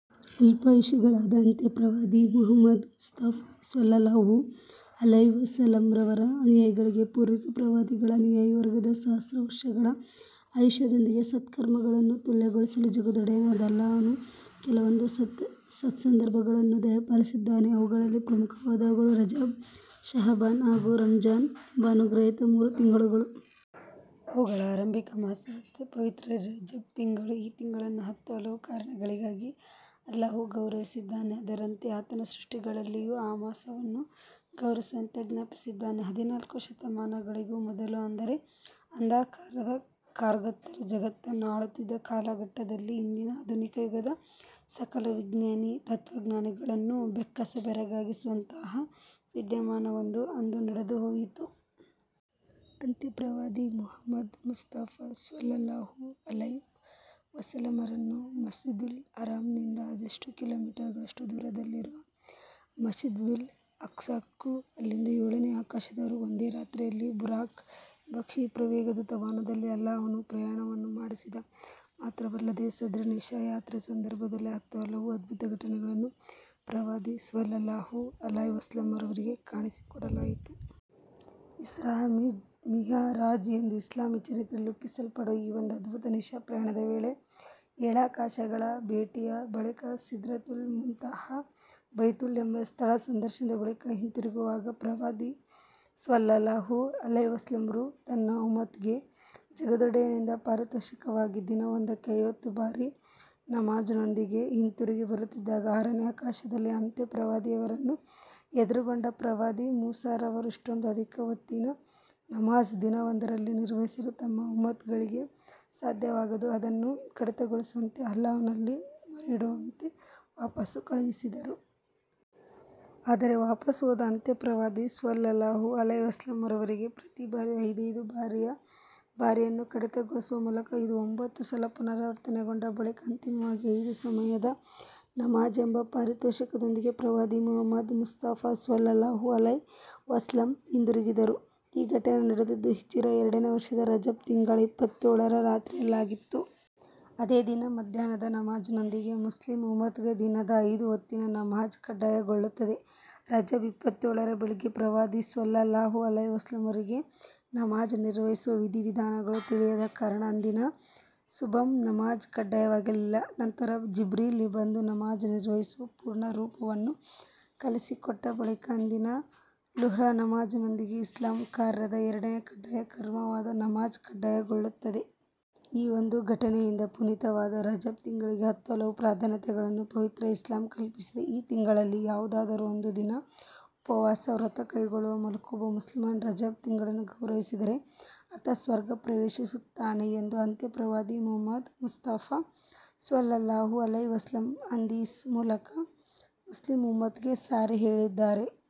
ಅಲ್ಪಾಯುಷಿಗಳಾದ ಅಂತ್ಯ ಪ್ರವಾದಿ ಮುಹಮ್ಮದ್ ಮುಸ್ತಫಾ ಸ್ವಲ್ಲಲ್ಲಾಹು ಅಲೈಹಿವಸಲ್ಲಮ್ ರವರ ಅನುಯಾಯಿಗಳಿಗೆ ಪೂರ್ವಿಕ ಪ್ರವಾದಿಗಳ ಅನುಯಾಯಿ ವರ್ಗದ ಸಹಸ್ರ ವರ್ಷಗಳ ಆಯುಷ್ಯದೊಂದಿಗೆ ಸತ್ಕರ್ಮಗಳನ್ನು ತುಲ್ಯಗೊಳಿಸಲು ಜಗದೊಡೆಯನಾದ ಅಲ್ಲಾಹನು ಕೆಲವೊಂದು ಸತ್ಸಂದರ್ಭಗಳನ್ನು ದಯಪಾಲಿಸಿದ್ದಾನೆ. ಅವುಗಳಲ್ಲಿ ಪ್ರಮುಖವಾದವುಗಳು ರಜಬ್, ಶಅಬಾನ್ ಹಾಗೂ ರಂಝಾನ್ ಎಂಬ ಅನುಗ್ರಹೀತ ಮೂರು ತಿಂಗಳುಗಳು. ಅವುಗಳ ಆರಂಭಿಕ ಮಾಸವಾಗಿದೆ ಪವಿತ್ರ ರಜಬ್ ತಿಂಗಳು. ಈ ತಿಂಗಳನ್ನು ಹತ್ತು ಹಲವು ಕಾರಣಗಳಿಗಾಗಿ ಅಲ್ಲಾಹು ಗೌರವಿಸಿದ್ದಾನೆ. ಅದರಂತೆ ಆತನ ಸೃಷ್ಟಿಗಳಲ್ಲಿಯೂ ಆ ಮಾಸವನ್ನು ಗೌರವಿಸುವಂತೆ ಆಜ್ಞಾಪಿಸಿದ್ದಾನೆ. ಹದಿನಾಲ್ಕು ಶತಮಾನಗಳಿಗೂ ಮೊದಲು ಅಂದರೆ ಅಂಧಕಾರದ ಕಾರ್ಗತ್ತಲು ಜಗತ್ತನ್ನು ಆಳುತ್ತಿದ್ದ ಕಾಲಘಟ್ಟದಲ್ಲಿ ಇಂದಿನ ಆಧುನಿಕ ಯುಗದ ಸಕಲ ವಿಜ್ಞಾನಿ, ತತ್ವಜ್ಞಾನಿಗಳನ್ನೂ ಬೆಕ್ಕಸ ಬೆರಗಾಗಿಸುವಂತಹ ವಿದ್ಯಾಮಾನವೊಂದು ಅಂದು ನಡೆದುಹೋಯಿತು. ಅಂತ್ಯ ಪ್ರವಾದಿ ಮುಹಮ್ಮದ್ ಮುಸ್ತಫಾ ಸ್ವಲ್ಲಲ್ಲಾಹು ಅಲೈಹಿ ವಸಲ್ಲಮರನ್ನು ಮಸ್ಜಿದುಲ್ ಹರಾಂನಿಂದ ಅದೆಷ್ಟೋ ಕಿಲೋಮೀಟರ್ ಗಳಷ್ಟು ದೂರದಲ್ಲಿರುವ ಮಸ್ಜಿದುಲ್ ಅಖ್ಸಾಕ್ಕೂ, ಅಲ್ಲಿಂದ ಏಳನೇ ಆಕಾಶದವರೆಗೂ ಒಂದೇ ರಾತ್ರಿಯಲ್ಲಿ ಬುರಾಖ್ ಎಂಬ ಕ್ಷಿಪ್ರ ವೇಗದೂತ ವಾಹನದಲ್ಲಿ ಅಲ್ಲಾಹನು ಪ್ರಯಾಣವನ್ನು ಮಾಡಿಸಿದ, ಮಾತ್ರವಲ್ಲದೆ ಸದ್ರಿ ನಿಶಾ ಯಾತ್ರೆಯ ಸಂದರ್ಭದಲ್ಲಿ ಹತ್ತು ಹಲವು ಅದ್ಭುತ ಘಟನೆಗಳನ್ನು ಪ್ರವಾದಿ ಸ್ವಲ್ಲಲ್ಲಾಹು ಅಲೈಹಿವಸಲ್ಲಮ್ ರವರಿಗೆ ಕಾಣಿಸಿಕೊಡಲಾಯಿತು. ಇಸ್ರಾಅ್- ಮಿಅ್ ರಾಜ್ ಎಂದು ಇಸ್ಲಾಮೀ ಚರಿತ್ರೆಯಲ್ಲಿ ಉಲ್ಲೇಖಿಸಲ್ಪಡುವ ಈ ಒಂದು ಅದ್ಭುತ ನಿಶಾ ಪ್ರಯಾಣದ ವೇಳೆ ಏಳಾಕಾಶಗಳ ಭೇಟಿಯ ಬಳಿಕ ಸಿದ್ರತುಲ್ ಮುಂತಹಾ, ಬೈತುಲ್ ಎಂಬ ಸ್ಥಳ ಸಂದರ್ಶನದ ಬಳಿಕ ಹಿಂತಿರುಗುವಾಗ ಪ್ರವಾದಿ ಸ್ವಲ್ಲಲ್ಲಾಹು ಅಲೈಹಿವಸಲ್ಲಮ್ರು ತನ್ನ ಉಮ್ಮತ್ಗೆ ಜಗದೊಡೆಯನಿಂದ ಪಾರಿತೋಷಕವಾಗಿ ದಿನವೊಂದಕ್ಕೆ ಐವತ್ತು ಬಾರಿಯ ನಮಾಝ್ನೊಂದಿಗೆ ಹಿಂತಿರುಗಿ ಬರುತ್ತಿದ್ದಾಗ ಆರನೇ ಆಕಾಶದಲ್ಲಿ ಅಂತ್ಯ ಪ್ರವಾದಿಯವರನ್ನು ಎದುರುಗೊಂಡ ಪ್ರವಾದಿ ಮೂಸಾ ರವರು ಇಷ್ಟೊಂದು ಅಧಿಕ ಹೊತ್ತಿನ ನಮಾಝ್ ದಿನವೊಂದರಲ್ಲಿ ನಿರ್ವಹಿಸಲು ತಮ್ಮ ಉಮ್ಮತ್ಗಳಿಗೆ ಸಾಧ್ಯವಾಗದು ಅದನ್ನು ಕಡಿತಗೊಳಿಸುವಂತೆ ಅಲ್ಲಾಹನಲ್ಲಿ ಮೊರೆಯಿಡುವಂತೆ ವಾಪಾಸು ಕಳುಹಿಸಿದರು. ಆದರೆ ವಾಪಾಸು ಹೋದ ಅಂತ್ಯ ಪ್ರವಾದಿ ಸ್ವಲ್ಲಲ್ಲಾಹು ಅಲೈಹಿವಸಲ್ಲಮ್ ರವರಿಗೆ ಪ್ರತೀ ಬಾರಿಯೂ ಐದೈದು ಬಾರಿಯನ್ನು ಕಡಿತಗೊಳಿಸುವ ಮೂಲಕ ಇದು ಒಂಭತ್ತು ಸಲ ಪುನರಾವರ್ತನೆಗೊಂಡ ಬಳಿಕ ಅಂತಿಮವಾಗಿ ಐದು ಸಮಯದ ನಮಾಝ್ ಎಂಬ ಪಾರಿತೋಷಕದೊಂದಿಗೆ ಪ್ರವಾದಿ ಮುಹಮ್ಮದ್ ಮುಸ್ತಫಾ ಸ್ವಲ್ಲಲ್ಲಾಹು ಅಲೈಹಿ ವಸಲ್ಲಮ್ ಹಿಂದುರುಗಿದರು. ಈ ಘಟನೆ ನಡೆದದ್ದು ಹಿಜಿರಾ ಎರಡನೇ ವರ್ಷದ ರಜಬ್ ತಿಂಗಳ ಇಪ್ಪತ್ತೇಳರ ರಾತ್ರಿಯಲ್ಲಾಗಿತ್ತು. ಅದೇ ದಿನ ಮಧ್ಯಾಹ್ನದ ನಮಾಝ್ನೊಂದಿಗೆ ಮುಸ್ಲಿಂ ಉಮ್ಮತ್ಗೆ ದಿನದ ಐದು ಹೊತ್ತಿನ ನಮಾಝ್ ಕಡ್ಡಾಯಗೊಳ್ಳುತ್ತದೆ. ರಜಬ್ ಇಪ್ಪತ್ತೇಳರ ಬೆಳಿಗ್ಗೆ ಪ್ರವಾದಿ ಸ್ವಲ್ಲಲ್ಲಾಹು ಅಲೈಹಿವಸಲ್ಲಮ್ರಿಗೆ ನಮಾಝ್ ನಿರ್ವಹಿಸುವ ವಿಧಿ ವಿಧಾನಗಳು ತಿಳಿಯದ ಕಾರಣ ಅಂದಿನ ಸುಬ್ಹ್ ನಮಾಝ್ ಕಡ್ಡಾಯವಾಗಲಿಲ್ಲ. ನಂತರ ಜಿಬ್ರೀಲ್ ಬಂದು ನಮಾಝ್ ನಿರ್ವಹಿಸುವ ಪೂರ್ಣ ರೂಪವನ್ನು ಕಲಿಸಿಕೊಟ್ಟ ಬಳಿಕ ಅಂದಿನ ಲುಹ್ರ್ ನಮಾಝ್ನೊಂದಿಗೆ ಇಸ್ಲಾಮ್ ಕಾರ್ಯದ ಎರನೇ ಕಡ್ಡಾಯ ಕರ್ಮವಾದ ನಮಾಝ್ ಕಡ್ಡಾಯಗೊಳ್ಳುತ್ತದೆ. ಈ ಒಂದು ಘಟನೆಯಿಂದ ಪುನೀತವಾದ ರಜಬ್ ತಿಂಗಳಿಗೆ ಹತ್ತು ಹಲವು ಪ್ರಾಧಾನ್ಯತೆಗಳನ್ನು ಪವಿತ್ರ ಇಸ್ಲಾಂ ಕಲ್ಪಿಸಿದೆ. ಈ ತಿಂಗಳಲ್ಲಿ ಯಾವುದಾದರೊಂದು ದಿನ ಉಪವಾಸ ವ್ರತ ಕೈಗೊಳ್ಳುವ ಮೂಲಕ ಒಬ್ಬ ಮುಸಲ್ಮಾನ ರಜಬ್ ತಿಂಗಳನ್ನು ಗೌರವಿಸಿದರೆ ಆತ ಸ್ವರ್ಗ ಪ್ರವೇಶಿಸುತ್ತಾನೆ ಎಂದು ಅಂತ್ಯ ಪ್ರವಾದಿ ಮುಹಮ್ಮದ್ ಮುಸ್ತಫಾ ಸ್ವಲ್ಲಲ್ಲಾಹು ಅಲೈಹಿ ವಸಲ್ಲಂ ಹದೀಸ್ ಮೂಲಕ ಮುಸ್ಲಿಂ ಉಮ್ಮತ್ಗೆ ಸಾರಿ ಹೇಳಿದ್ದಾರೆ.